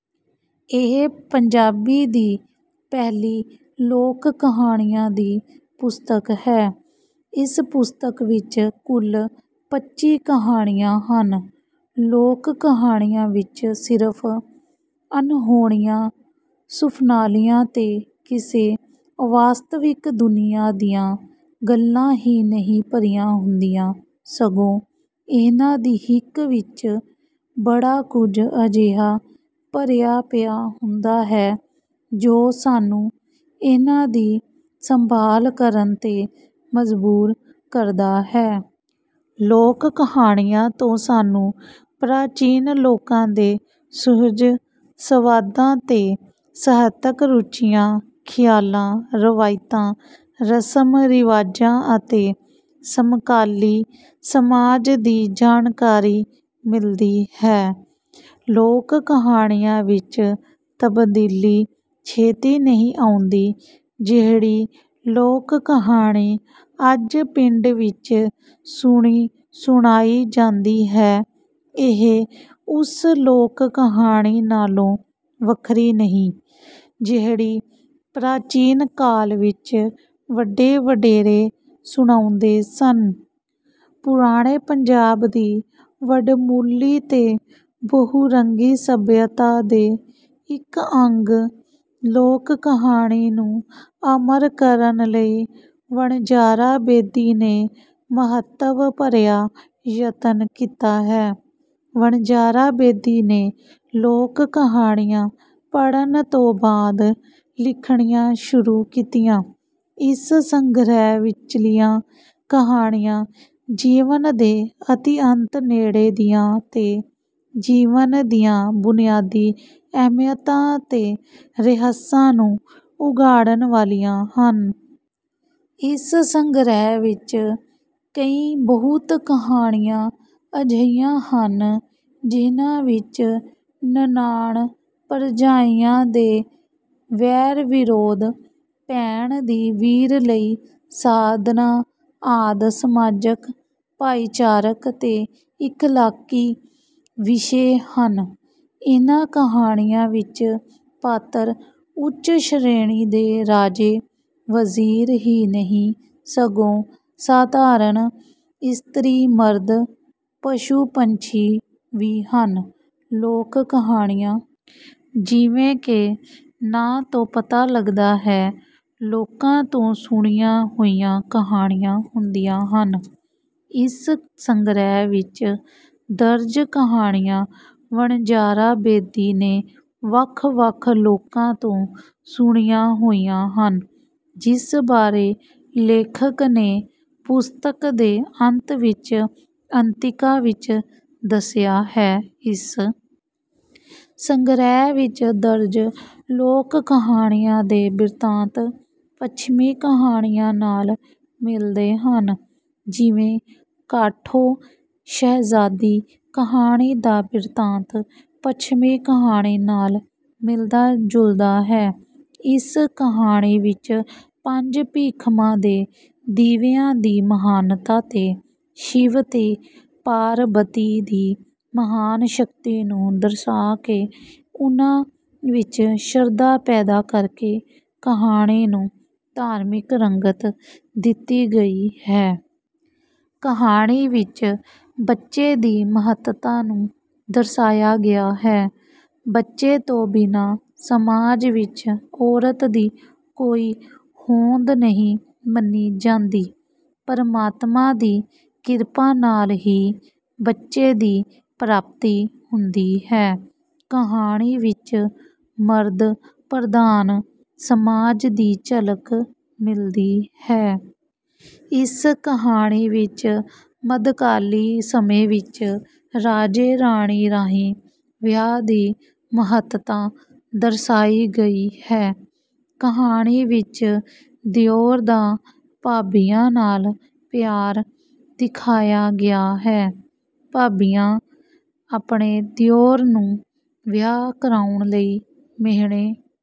ਇਹ ਪੰਜਾਬੀ ਦੀ ਪਹਿਲੀ ਲੋਕ-ਕਹਾਣੀਆਂ ਦੀ ਪੁਸਤਕ ਹੈ। ਇਸ ਪੁਸਤਕ ਵਿੱਚ ਕੁੱਲ ਪੱਚੀ ਕਹਾਣੀਆਂ ਹਨ। ਲੋਕ-ਕਹਾਣੀਆਂ ਵਿਚ ਸਿਰਫ਼ ਅਨਹੋਣੀਆਂ, ਸੁਫ਼ਨਾਲੀਆਂ ਤੇ ਕਿਸੇ ਅਵਾਸਤਵਿਕ ਦੁਨੀਆਂ ਦੀਆਂ ਗੱਲਾਂ ਹੀ ਨਹੀਂ ਭਰੀਆਂ ਹੁੰਦੀਆਂ, ਸਗੋਂ ਇਹਨਾਂ ਦੀ ਹਿੱਕ ਵਿਚ ਬੜਾ ਕੁਝ ਅਜਿਹਾ ਭਰਿਆ ਪਿਆ ਹੁੰਦਾ ਹੈ, ਜੋ ਸਾਨੂੰ ਇਹਨਾਂ ਦੀ ਸੰਭਾਲ ਕਰਨ ਤੇ ਮਜ਼ਬੂਰ ਕਰਦਾ ਹੈ। ਲੋਕ-ਕਹਾਣੀਆਂ ਤੋਂ ਸਾਨੂੰ ਪ੍ਰਾਚੀਨ ਲੋਕਾਂ ਦੇ ਸੁਹਜ, ਸਵਾਦਾਂ ਤੇ ਸਾਹਿਤਕ ਰੁਚੀਆਂ, ਖ਼ਿਆਲਾਂ, ਰਵਾਇਤਾਂ, ਰਸਮ-ਰਿਵਾਜਾਂ ਅਤੇ ਸਮਕਾਲੀ ਸਮਾਜ ਦੀ ਜਾਣਕਾਰੀ ਮਿਲਦੀ ਹੈ। ਲੋਕ-ਕਹਾਣੀਆਂ ਵਿਚ ਤਬਦੀਲੀ ਛੇਤੀ ਨਹੀਂ ਆਉਂਦੀ। ਜਿਹੜੀ ਲੋਕ-ਕਹਾਣੀ ਅੱਜ ਪਿੰਡ ਵਿਚ ਸੁਣੀ-ਸੁਣਾਈ ਜਾਂਦੀ ਹੈ, ਇਹ ਉਸ ਲੋਕ-ਕਹਾਣੀ ਨਾਲੋਂ ਵੱਖਰੀ ਨਹੀਂ, ਜਿਹੜੀ ਪ੍ਰਾਚੀਨ ਕਾਲ ਵਿਚ ਵੱਡੇ-ਵਡੇਰੇ ਸੁਣਾਉਂਦੇ ਸਨ। ਪੁਰਾਣੇ ਪੰਜਾਬ ਦੀ ਵਡਮੁੱਲੀ ਤੇ ਬਹੁ-ਰੰਗੀ ਸਭਿਅਤਾ ਦੇ ਇਕ ਅੰਗ ਲੋਕ-ਕਹਾਣੀ ਨੂੰ ਅਮਰ ਕਰਨ ਲਈ ਵਣਜਾਰਾ ਬੇਦੀ ਨੇ ਮਹੱਤਵ-ਭਰਿਆ ਯਤਨ ਕੀਤਾ ਹੈ। ਵਣਜਾਰਾ ਬੇਦੀ ਨੇ ਲੋਕ-ਕਹਾਣੀਆਂ ਪੜ੍ਹਨ ਤੋਂ ਬਾਅਦ ਲਿਖਣੀਆਂ ਸ਼ੁਰੂ ਕੀਤੀਆਂ। ਇਸ ਸੰਗ੍ਰਹਿ ਵਿਚਲੀਆਂ ਕਹਾਣੀਆਂ ਜੀਵਨ ਦੇ ਅਤਿਅੰਤ ਨੇੜੇ ਦੀਆਂ ਤੇ ਜੀਵਨ ਦੀਆਂ ਬੁਨਿਆਦੀ ਅਹਿਮੀਅਤਾਂ ਤੇ ਰਹੱਸਾਂ ਨੂੰ ਉਘਾੜਨ ਵਾਲੀਆਂ ਹਨ। ਇਸ ਸੰਗ੍ਰਹਿ ਵਿਚ ਕਈ ਬਹੁਤ ਕਹਾਣੀਆਂ ਅਜਿਹੀਆਂ ਹਨ, ਜਿਹਨਾਂ ਵਿਚ ਨਨਾਣ-ਭਰਜਾਈਆਂ ਦੇ ਵੈਰ-ਵਿਰੋਧ, ਭੈਣ ਦੀ ਵੀਰ ਲਈ ਸਾਧਨਾ ਆਦਿ ਸਮਾਜਕ, ਭਾਈਚਾਰਕ ਤੇ ਇਖ਼ਲਾਕੀ ਵਿਸ਼ੇ ਹਨ। ਇਹਨਾਂ ਕਹਾਣੀਆਂ ਵਿਚ ਪਾਤਰ ਉੱਚ-ਸ਼੍ਰੇਣੀ ਦੇ ਰਾਜੇ, ਵਜ਼ੀਰ ਹੀ ਨਹੀਂ, ਸਗੋਂ ਸਾਧਾਰਨ ਇਸਤਰੀ-ਮਰਦ, ਪਸ਼ੂ-ਪੰਛੀ ਵੀ ਹਨ। ਲੋਕ-ਕਹਾਣੀਆਂ, ਜਿਵੇਂ ਕਿ ਨਾਂ ਤੋਂ ਪਤਾ ਲਗਦਾ ਹੈ, ਲੋਕਾਂ ਤੋਂ ਸੁਣੀਆਂ ਹੋਈਆਂ ਕਹਾਣੀਆਂ ਹੁੰਦੀਆਂ ਹਨ। ਇਸ ਸੰਗ੍ਰਹਿ ਵਿਚ ਦਰਜ ਕਹਾਣੀਆਂ ਵਣਜਾਰਾ ਬੇਦੀ ਨੇ ਵੱਖ-ਵੱਖ ਲੋਕਾਂ ਤੋਂ ਸੁਣੀਆਂ ਹੋਈਆਂ ਹਨ, ਜਿਸ ਬਾਰੇ ਲੇਖਕ ਨੇ ਪੁਸਤਕ ਦੇ ਅੰਤ ਵਿਚ ਅੰਤਿਕਾ ਵਿਚ ਦੱਸਿਆ ਹੈ। ਇਸ ਸੰਗ੍ਰਹਿ ਵਿਚ ਦਰਜ ਲੋਕ-ਕਹਾਣੀਆਂ ਦੇ ਬਿਰਤਾਂਤ ਪੱਛਮੀ ਕਹਾਣੀਆਂ ਨਾਲ ਮਿਲਦੇ ਹਨ। ਜਿਵੇਂ ‘ਕਾਠੋ ਸ਼ਹਿਜ਼ਾਦੀ’ ਕਹਾਣੀ ਦਾ ਬਿਰਤਾਂਤ ਪੱਛਮੀ ਕਹਾਣੀ ਨਾਲ ਮਿਲਦਾ-ਜੁਲਦਾ ਹੈ। ਇਸ ਕਹਾਣੀ ਵਿਚ ਪੰਜ ਭੀਖਮਾਂ ਦੇ ਦੀਵਿਆਂ ਦੀ ਮਹਾਨਤਾ ਤੇ ਸ਼ਿਵ ਤੇ ਪਾਰਬਤੀ ਦੀ ਮਹਾਨ ਸ਼ਕਤੀ ਨੂੰ ਦਰਸਾ ਕੇ ਉਨ੍ਹਾਂ ਵਿਚ ਸ਼ਰਧਾ ਪੈਦਾ ਕਰਕੇ ਕਹਾਣੀ ਨੂੰ ਧਾਰਮਿਕ ਰੰਗਤ ਦਿੱਤੀ ਗਈ ਹੈ। ਕਹਾਣੀ ਵਿਚ ਬੱਚੇ ਦੀ ਮਹੱਤਤਾ ਨੂੰ ਦਰਸਾਇਆ ਗਿਆ ਹੈ। ਬੱਚੇ ਤੋਂ ਬਿਨਾਂ ਸਮਾਜ ਵਿਚ ਔਰਤ ਦੀ ਕੋਈ ਹੋਂਦ ਨਹੀਂ ਮੰਨੀ ਜਾਂਦੀ। ਪਰਮਾਤਮਾ ਦੀ ਕਿਰਪਾ ਨਾਲ ਹੀ ਬੱਚੇ ਦੀ ਪ੍ਰਾਪਤੀ ਹੁੰਦੀ ਹੈ। ਕਹਾਣੀ ਵਿੱਚ ਮਰਦ-ਪ੍ਰਧਾਨ ਸਮਾਜ ਦੀ ਝਲਕ ਮਿਲਦੀ ਹੈ। ਇਸ ਕਹਾਣੀ ਵਿਚ ਮੱਧਕਾਲੀ ਸਮੇਂ ਵਿਚ ਰਾਜੇ-ਰਾਣੀ ਰਾਹੀਂ ਵਿਆਹ ਦੀ ਮਹੱਤਤਾ ਦਰਸਾਈ ਗਈ ਹੈ। ਕਹਾਣੀ ਵਿਚ ਦਿਉਰ ਦਾ ਭਾਬੀਆਂ ਨਾਲ ਪਿਆਰ ਦਿਖਾਇਆ ਗਿਆ ਹੈ। ਭਾਬੀਆਂ ਆਪਣੇ ਦਿਉਰ ਨੂੰ ਵਿਆਹ ਕਰਾਉਣ ਲਈ ਮਿਹਣੇ...